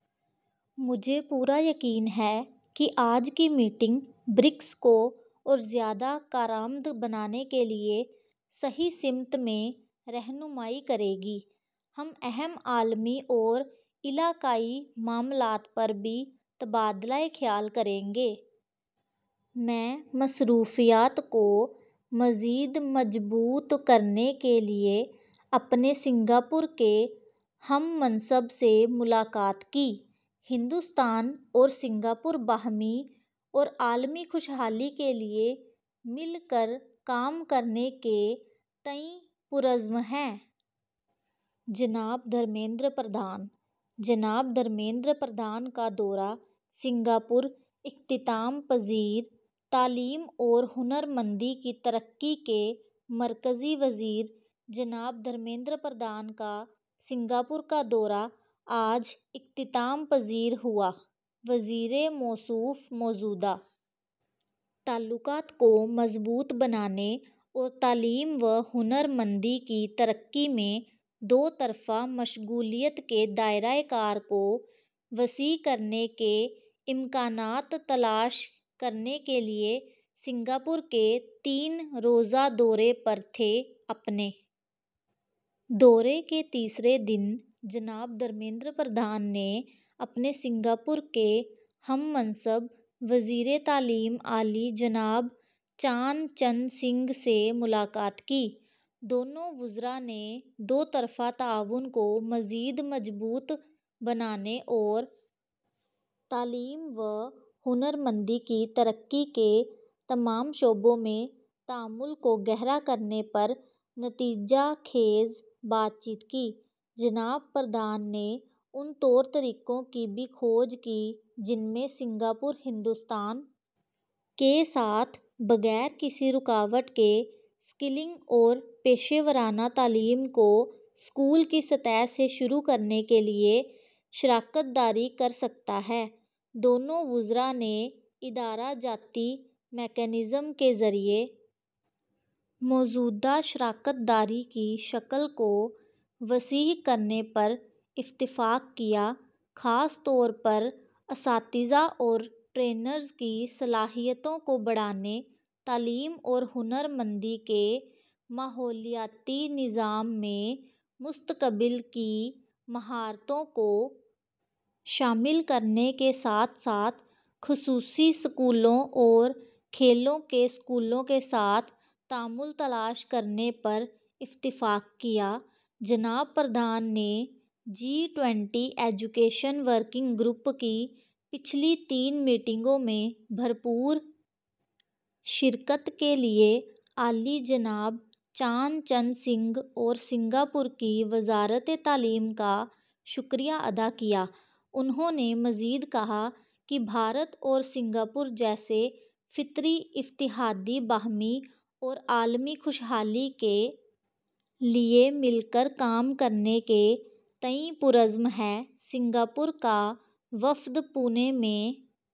مجھے پورا یقین ہے کہ آج کی میٹنگ برکس کو اور زیادہ کارآمد بنانے کے لیے صحیح سمت میں رہنمائی کرے گی ہم اہم عالمی اور علاقائی معاملات پر بھی تبادلہ خیال کریں میں مصروفیات کو مزید مضبوط کرنے کے لیے اپنے سنگاپور کے ہم منصب سے ملاقات کی ہندوستان اور سنگاپور باہمی اور عالمی خوشحالی کے لیے مل کر کام کرنے کے تئیں پرعزم ہیں جناب دھرمیندر پردھان جناب دھرمیندر پردھان کا دورۂ سنگاپور اختتام پذیر تعلیم اور ہنرمندی کی ترقی کے مرکزی وزیر جناب دھرمیندر پردھان کا سنگاپور کا دورہ آج اختتام پذیر ہوا وزیر موصوف موجودہ تعلقات کو مضبوط بنانے اور تعلیم و ہنرمندی کی ترقی میں دوطرفہ مشغولیت کے دائرۂ کار کو وسیع کرنے کے امکانات تلاش کرنے کے لیے سنگاپور کے تین روزہ دورے پر تھے اپنے دورے کے تیسرے دن جناب دھرمیندر پردھان نے اپنے سنگاپور کے ہم منصب وزیر تعلیم عالی جناب چان چن سنگ سے ملاقات کی دونوں وزراء نے دوطرفہ تعاون کو مزید مضبوط بنانے اور تعلیم و ہنرمندی کی ترقی کے تمام شعبوں میں تعامل کو گہرا کرنے پر نتیجہ خیز بات چیت کی جناب پردھان نے ان طور طریقوں کی بھی کھوج کی جن میں سنگاپور ہندوستان کے ساتھ بغیر کسی رکاوٹ کے اسکلنگ اور پیشہ ورانہ تعلیم کو اسکول کی سطح سے شروع کرنے کے لیے شراکت داری کر سکتا ہے دونوں وزراء نے ادارہ جاتی میکانزم کے ذریعے موجودہ شراکت داری کی شکل کو وسیع کرنے پر اتفاق کیا خاص طور پر اساتذہ اور ٹرینرز کی صلاحیتوں کو بڑھانے تعلیم اور ہنر مندی کے ماحولیاتی نظام میں مستقبل کی مہارتوں کو شامل کرنے کے ساتھ ساتھ خصوصی اسکولوں اور کھیلوں کے اسکولوں کے ساتھ تعامل تلاش کرنے پر اتفاق کیا جناب پردھان نے G twenty education working group کی پچھلی تین میٹنگوں میں بھرپور شرکت کے لیے عالی جناب چان چن سنگ اور سنگاپور کی وزارت تعلیم کا شکریہ ادا کیا انہوں نے مزید کہا کہ بھارت اور سنگاپور جیسے فطری اتحادی باہمی اور عالمی خوشحالی کے لیے مل کر کام کرنے کے تئیں پرعزم ہیں سنگاپور کا وفد پونے میں